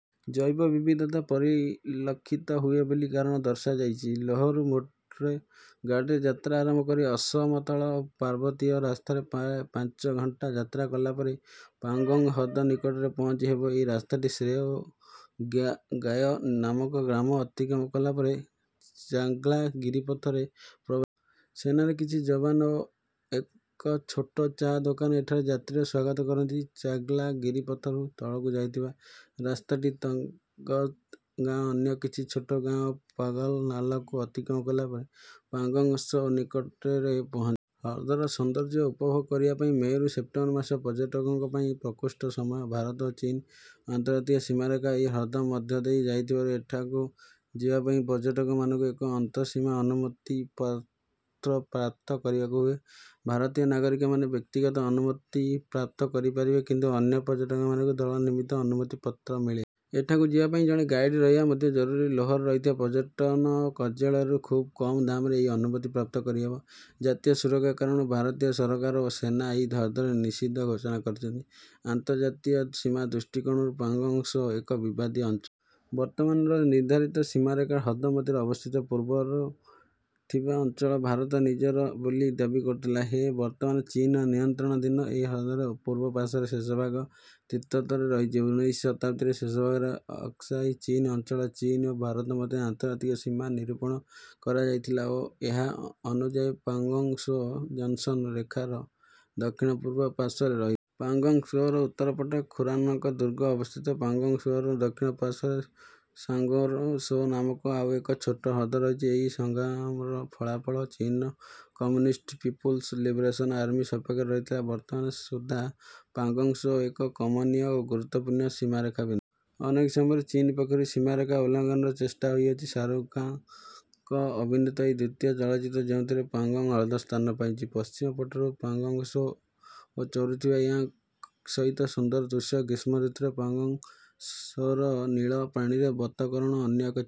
ଜୈବ ବିବିଧତା ପରିଲକ୍ଷିତ ହୁଏ ବୋଲି କାରଣ ଦର୍ଶାଯାଇଛି। ଲେହରୁ ମୋଟର ଗାଡିରେ ଯାତ୍ରା ଆରମ୍ଭ କରି ଅସମତଳ ଓ ପାର୍ବତୀୟ ରାସ୍ତାରେ ପ୍ରାୟ ପାଞ୍ଚ ଘଣ୍ଟା ଯାତ୍ରା କଲାପରେ ପାଂଗୋଂଗ୍ ହ୍ରଦ ନିକଟରେ ପହଞ୍ଚି ହେବ। ଏହି ରାସ୍ତାଟି ଶେୟ୍ ଓ ଗ୍ୟା ନାମକ ଗ୍ରାମ ଅତିକ୍ରମ କଲାପରେ ଚାଂଗ୍ଲା ଗିରିପଥ ରେ ପ୍ରବେଶ କରେ। ସେନାର କିଛି ଜବାନ ଓ ଏକ ଛୋଟ ଚା ଦୋକାନ ଏଠାରେ ଯାତ୍ରୀର ସ୍ୱାଗତ କରନ୍ତି। ଚାଂଗ୍ଲା ଗିରିପଥରୁ ତଳକୁ ଯାଇଥିବା ରାସ୍ତାଟି ତାଂଗ୍ସତେ ଗାଁ ଅନ୍ୟ କିଛି ଛୋଟ ଗାଁ ଓ ପାଗଲ୍ ନାଲା କୁ ଅତିକ୍ରମ କଲାପରେ ପାଂଗୋଂଗ୍ ତ୍ସୋ ନିକଟରେ ପହଞ୍ଚେ। ହ୍ରଦର ସୌନ୍ଦର୍ଯ୍ୟ ଉପଭୋଗ କରିବା ପାଇଁ ମଇରୁ ସେପ୍ଟେମ୍ବର୍ ମାସ ପର୍ଯ୍ୟଟକଙ୍କ ପାଇଁ ପ୍ରକୃଷ୍ଟ ସମୟ। ଭାରତ ଓ ଚୀନର ଅନ୍ତର୍ଯାତୀୟ ସୀମାରେଖା ଏହି ହ୍ରଦ ମଧ୍ୟଦେଇ ଯାଇଥିବାରୁ ଏଠାକୁ ଯିବାପାଇଁ ପର୍ଯ୍ୟଟକମାନଙ୍କୁ ଏକ ଅନ୍ତଃସୀମା ଅନୁମତି ପତ୍ର ପ୍ରାପ୍ତ କରିବାକୁ ହୁଏ। ଭାରତୀୟ ନାଗରିକମାନେ ବ୍ୟକ୍ତିଗତ ଅନୁମତି ପ୍ରାପ୍ତ କରିପାରିବେ କିନ୍ତୁ ଅନ୍ୟ ପର୍ଯ୍ୟଟକମାନଙ୍କୁ ଦଳ ନିମିତ୍ତ ଅନୁମତି ପତ୍ର ମିଳେ। ଏଠାକୁ ଯିବାପାଇଁ ଜଣେ ଗାଇଡ୍ ରହିବା ମଧ୍ୟ ଜରୁରୀ। ଲେହରେ ରହିଥିବା ପର୍ଯ୍ୟଟନ କାର୍ଯ୍ୟାଳୟରୁ ଖୁବ୍ କମ୍ ଦାମରେ ଏହି ଅନୁମତି ପ୍ରାପ୍ତ କରିହେବ। ଜାତୀୟ ସୁରକ୍ଷା କାରଣରୁ ଭାରତୀୟ ସରକାର ଓ ସେନା ଏହି ହ୍ରଦରେ ନିଷିଦ୍ଧ ଘୋଷଣା କରିଛନ୍ତି। ଅନ୍ତର୍ଯାତୀୟ ସୀମା ଦୃଷ୍ଟିକୋଣରୁ ପାଂଗୋଂଗ୍ ତ୍ସୋ ଏକ ବିବାଦୀୟ ଅଞ୍ଚଳ। ବର୍ତ୍ତମାନର ନିର୍ଦ୍ଧାରିତ ସୀମାରେଖା ହ୍ରଦ ମଧ୍ୟରେ ଅବସ୍ଥିତ। ପୂର୍ବରେ ଥିବା ଅଞ୍ଚଳ ଭାରତ ନିଜର ବୋଲି ଦାବୀ କରୁଥିଲେ ହେଁ ବର୍ତ୍ତମାନ ଚୀନର ନିୟନ୍ତ୍ରଣାଧୀନ। ଏହି ହ୍ରଦର ପୂର୍ବପାର୍ଶ୍ୱର ଶେଷଭାଗ ତିବ୍ୱତରେ ରହିଛି। ଉଣେଇଶ ଶତାବ୍ଦୀର ଶେଷଭାଗରେ ଅକ୍ସାଇ ଚୀନ ଅଞ୍ଚଳରେ ଚୀନ ଓ ଭାରତ ମଧ୍ୟରେ ଅନ୍ତର୍ଜାତୀୟ ସୀମା ନିରୂପଣ କରାଯାଇଥିଲା ଓ ଏହା ଅନୁଯାୟୀ ପାଂଗୋଂଗ୍ ତ୍ସୋ ଜନସନ୍ ରେଖାର ଦକ୍ଷିଣପୂର୍ବ ପାର୍ଶ୍ୱରେ ରହିଥିଲା। ପାଂଗୋଂଗ୍ ତ୍ସୋର ଉତ୍ତର ପଟେ ଖୁରନାକ୍ ଦୁର୍ଗ ଅବସ୍ଥିତ। ପାଂଗୋଂଗ୍ ତ୍ସୋର ଦକ୍ଷିଣ ପାର୍ଶ୍ୱରେ ସ୍ପାଂଗୁର୍ ତ୍ସୋ ନାମକ ଆଉ ଏକ ଛୋଟ ହ୍ରଦ ରହିଛି। ଏହି ସଂଗ୍ରାମର ଫଳାଫଳ ଚୀନର କମ୍ୟୁନିଷ୍ଟ୍ ପିପୁଲସ୍ ଲିବରେସନ୍ ଆର୍ମି ସପକ୍ଷରେ ରହିଥିଲା। ବର୍ତ୍ତମାନ ସୁଦ୍ଧା ପାଂଗୋଂଗ୍ ତ୍ସୋ ଏକ କମନୀୟ ଓ ଗୁରୁତ୍ତ୍ୱପୂର୍ଣ୍ଣ ସୀମାରେଖା ବିନ୍ଦୁ। ଅନେକ ସମୟରେ ଚୀନ ପକ୍ଷରୁ ସୀମାରେଖା ଉଲ୍ଲଂଘନର ଚେଷ୍ଟା ହୋଇଅଛି। ଶାହାରୁଖ ଖାନଙ୍କ ଅଭିନୀତ ଏହା ଦ୍ୱିତୀୟ ଚଳଚ୍ଚିତ୍ର ଯେଉଁଥିରେ ପାଂଗୋଂଗ୍ ହ୍ରଦ ସ୍ଥାନ ପାଇଛି। ପଶ୍ଚିମ ପଟରୁ ପାଂଗୋଂଗ୍ ତ୍ସୋ ଓ ଚରୁଥିବା ୟାକ୍ ସହିତ ସୁନ୍ଦର ଦୃଶ୍ୟ । ଗ୍ରୀଷ୍ମଋତୁରେ ପାଂଗୋଂଗ୍ ତ୍ସୋର ନୀଳ ପାଣିରେ ବତକଗଣ ଅନ୍ୟ ଏକ ଚିତ୍ର ।